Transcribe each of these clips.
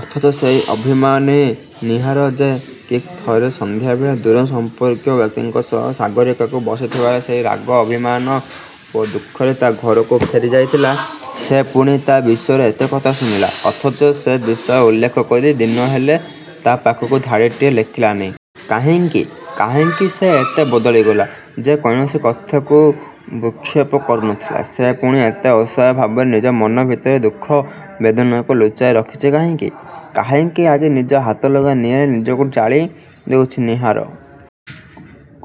ଅଥଚ ସେଇ ଅଭିମାନୀ ନୀହାର; ଯେ କି ଥରେ ସନ୍ଧ୍ୟାବେଳେ ଜଣେ ଦୂର ସମ୍ପର୍କୀୟ ବ୍ୟକ୍ତିଙ୍କ ସହ ସାଗରୀକାକୁ ବସି ଥିବାର ଦେଖି ରାଗ, ଅଭିମାନ ଓ ଦୁଃଖରେ ତା' ଘରଠୁ ଫେରି ଯାଇଥିଲା; ସେ ପୁଣି ତା' ବିଷୟରେ ଏତେ କଥା ଶୁଣିଲା; ଅଥଚ ସେ ବିଷୟ ଉଲ୍ଲେଖ କରି, ଦିନେହେଲେ ତା' ପାଖକୁ ଧାଡ଼ିଟିଏ ଲେଖିଲାନି। କାହିଁକି? କାହିଁକି ସେ ଏତେ ବଦଳି ଗଲା। ଯେ କୌଣସି କଥାକୁ ଭ୍ରୁକ୍ଷେପ କରୁ ନଥିଲା, ସେ ପୁଣି ଏତେ ଅସହାୟ ଭାବରେ, ନିଜ ମନ ଭିତରର ଦୁଃଖ ବେଦନାକୁ ଲୁଚାଇ ରଖିଛି କାହିଁକି? କାହିଁକି ଆଜି ନିଜ ହାତଲଗା ନିଆଁରେ ନିଜକୁ ଜାଳି ଦେଉଛି ନୀହାର?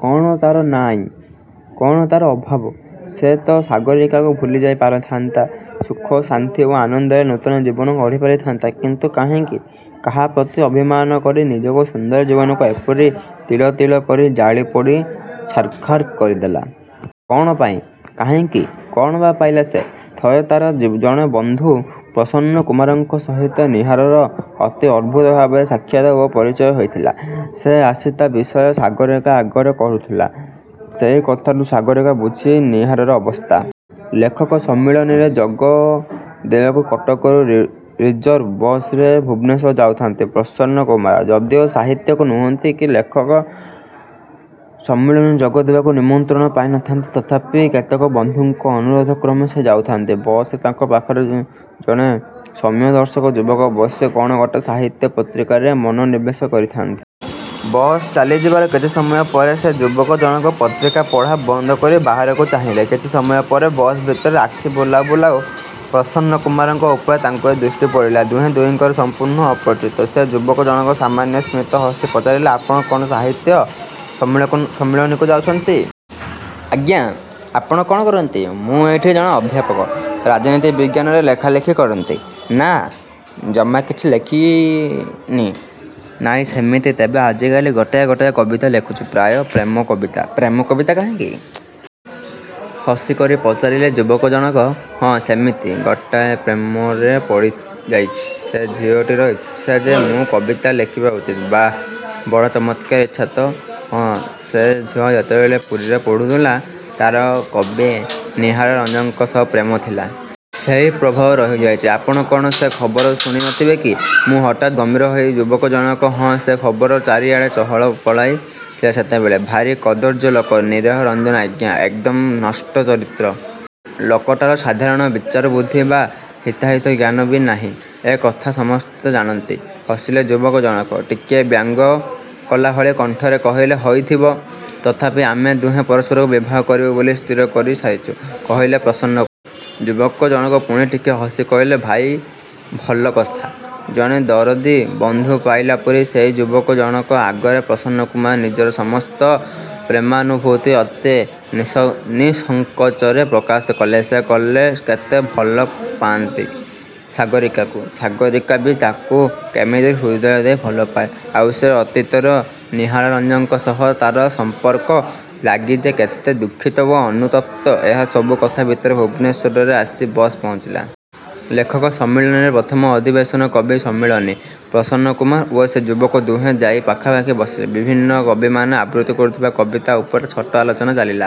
କ'ଣ ତା'ର ନାଇଁ–କ'ଣ ତା'ର ଅଭାବ? ସେ ତ ସାଗରୀକାକୁ ଭୁଲିଯାଇ ପାରିଥାନ୍ତା–ସୁଖ ଶାନ୍ତି ଓ ଆନନ୍ଦରେ ନୂତନ ଜୀବନ ଗଢ଼ିପାରି ଥାନ୍ତା–କିନ୍ତୁ କାହିଁକି; କାହା ପ୍ରତି ଅଭିମାନ କରି ସେ ନିଜର ସୁନ୍ଦର ଜୀବନକୁ ଏପରି ତିଳ ତିଳ କରି ଜାଳି ପୋଡ଼ି ଛାରଖାର କରିଦେଲା? କ'ଣ ପାଇଁ କାହିଁକି? କ'ଣ ବା ପାଇଲା ସେ? ଥରେ ତା'ର ଜଣେ ବନ୍ଧୁ ପ୍ରସନ୍ନ କୁମାରଙ୍କ ସହିତ ନୀହାରର ଅତି ଅଦ୍ଭୁତ ଭାବରେ ସାକ୍ଷାତ ଓ ପରିଚୟ ହୋଇଥିଲା। ସେ ଆସି ତା' ବିଷୟ ସାଗରୀକା ଆଗରେ କହୁଥିଲେ। ସେଇ କଥାରୁ ସାଗରୀକା ବୁଝିଥିଲା ନୀହାରର ଅବସ୍ଥା। ଲେଖକ–ସମ୍ମିଳନୀରେ ଯୋଗ ଦେବାକୁ କଟକରୁ ରିଜର୍ଭ–ବସରେ ଭୁବନେଶ୍ୱର ଯାଉଥାନ୍ତି ପ୍ରସନ୍ନ କୁମାର। ଯଦିଓ ସାହିତ୍ୟିକ ନୁହନ୍ତି, କି ଲେଖକ–ସମ୍ମିଳନୀରେ ଯୋଗ ଦେବାକୁ ନିମନ୍ତ୍ରଣ ପାଇ ନଥାନ୍ତି; ତଥାପି କେତେକ ବନ୍ଧୁଙ୍କ ଅନୁରୋଧକ୍ରମେ ସେ ଯାଉଥାନ୍ତି। ବସରେ ତାଙ୍କ ପାଖରେ ଜଣେ ସୌମ୍ୟଦର୍ଶନ ଯୁବକ ବସି କ'ଣ ଗୋଟାଏ ସାହିତ୍ୟ–ପତ୍ରିକାରେ ମନୋନିବେଶ କରିଥାନ୍ତି। ବସ୍ ଚାଲିବାର କିଛି ସମୟ ପରେ; ସେ ଯୁବକ ଜଣକ ପତ୍ରିକା ପଢ଼ା ବନ୍ଦ କରି, ବାହାରକୁ ଚାହିଁଲେ। କିଛି ସମୟ ପରେ ବସ୍ ଭିତରେ ଆଖି ବୁଲାଉ ବୁଲାଉ ପ୍ରସନ୍ନ କୁମାରଙ୍କ ଉପରେ ତାଙ୍କରି ଦୃଷ୍ଟି ପଡ଼ିଲା। ଦୁହେଁ ଦୁହିଁଙ୍କର ସମ୍ପୂର୍ଣ୍ଣ ଅପରିଚିତ। ସେ ଯୁବକ ଜଣକ ସାମାନ୍ୟ ସ୍ମିତ ହସି ପଚାରିଲେ– ''ଆପଣ କ'ଣ ସାହିତ୍ୟ–ସମ୍ମିଳନୀକୁ ଯାଉଛନ୍ତି? '' ''ଆଜ୍ଞା... '' ''ଆପଣ କ'ଣ କରନ୍ତି। '' ''ମୁଁ ଏଇଠି ଜଣେ ଅଧ୍ୟାପକ। ରାଜନୀତି ବିଜ୍ଞାନରେ। '' ''ଲେଖାଲେଖି କରନ୍ତି। '' ''ନା। '' ''ଜମା କିଛି ଲେଖନ୍ତିନି। '' ''ନାଇଁ–ସେମିତି। ତେବେ ଆଜିକାଲି ଗୋଟାଏ ଗୋଟାଏ କବିତା ଲେଖୁଛି। ପ୍ରାୟ ପ୍ରେମ–କବିତା। '' ''ପ୍ରେମ–କବିତା–କାହିଁକି? ହସି କରି ପଚାରିଲେ ଯୁବକ ଜଣକ। '' ''ହଁ–ସେମିତି; ଗୋଟେ ପ୍ରେମରେ ପଡ଼ିଯାଇଛି। ସେ ଝିଅଟିର ଇଚ୍ଛା ଯେ ମୁଁ କବିତା ଲେଖିବା ଉଚିତ୍। '' ''ବାଃ–ବଡ଼ ଚମତ୍କାର ଇଚ୍ଛା ତ? '' ''ହଁ–ସେ ଝିଅ ଯେତେବେଳେ ପୁରୀରେ ପଢ଼ୁଥିଲା ତା'ର କବି ନୀହାର ରଞ୍ଜନଙ୍କ ସହ ପ୍ରେମ ଥିଲା। ସେଇ ପ୍ରଭାବ ରହିଯାଇଛି। ଆପଣ କ'ଣ ସେ ଖବର ଶୁଣି ନଥିବେ କି? '' ''ମୁଁ? '' ହଠାତ୍ ଗମ୍ଭୀର ହୋଇଗଲେ ଯୁବକ ଜଣକ। ''ହଁ–ସେ ଖବର ଚାରିଆଡ଼େ ଚହଳ ପକାଇ ଥିଲା ସେତେବେଳେ। ଭାରି କଦର୍ଯ୍ୟ ଲୋକ ନୀହାର ରଞ୍ଜନ ଆଜ୍ଞା। ଏକଦମ୍ ନଷ୍ଟ ଚରିତ୍ର। ଲୋକଟାର ସାଧାରଣ ବିଚାର ବୁଦ୍ଧି ବା ହିତାହିତ ଜ୍ଞାନ ବି ନାହିଁ। ଏ କଥା ସମସ୍ତେ ଜାଣନ୍ତି। '' ହସିଲେ ଯୁବକ ଜଣକ। ଟିକିଏ ବ୍ୟଙ୍ଗ କଲା ଭଳି କଣ୍ଠରେ କହିଲେ–'ହୋଇଥିବ। ''ତଥାପି ଆମେ ଦୁହେଁ ପରସ୍ପରକୁ ବିବାହ କରିବୁ ବୋଲି ସ୍ଥିର କରି ସାରିଚୁ'' କହିଲେ ପ୍ରସନ୍ନ କୁମାର। ଯୁବକ ଜଣକ ପୁଣି ଟିକିଏ ହସି କହିଲେ–''ଭଲ କଥା। '' ଜଣେ ଦରଦୀ ବନ୍ଧୁ ପାଇଲା ପରି ସେଇ ଯୁବକ ଜଣକ ଆଗରେ ପ୍ରସନ୍ନ କୁମାର ନିଜର ସମସ୍ତ ପ୍ରେମାନୁଭୂତି ଅତି ନିଃସଙ୍କୋଚରେ ପ୍ରକାଶ କଲେ। ସେ କେତେ ଭଲ ପାଆନ୍ତି ସାଗରୀକାକୁ–ସାଗରୀକା ବି ତାଙ୍କୁ କେମିତି ହୃଦୟ ଦେଇ ଭଲପାଏ; ଆଉ ସେ ଅତୀତରେ ନୀହାର ରଞ୍ଜନଙ୍କ ସହ ତା'ର ସମ୍ପର୍କ ଲାଗି ଯେ କେତେ ଦୁଃଖିତ ଓ ଅନୁତପ୍ତ, ଏହା ସବୁ କଥା ଭିତରେ ଭୁବନେଶ୍ୱରରେ ଆସି ବସ୍ ପହଞ୍ଚିଲା। ଲେଖକ–ସମ୍ମିଳନୀର ପ୍ରଥମ ଅଧିବେଶନ କବି–ସମ୍ମିଳନୀ। ପ୍ରସନ୍ନ କୁମାର ଓ ସେ ଯୁବକ ଦୁହେଁ ଯାଇ ପାଖାପାଖି ବସିଲେ। ବିଭିନ୍ନ କବିମାନେ ଆବୃତ୍ତି କରୁଥିବା କବିତା ଉପରେ ଛୋଟ ଆଲୋଚନା ଚାଲିଲା।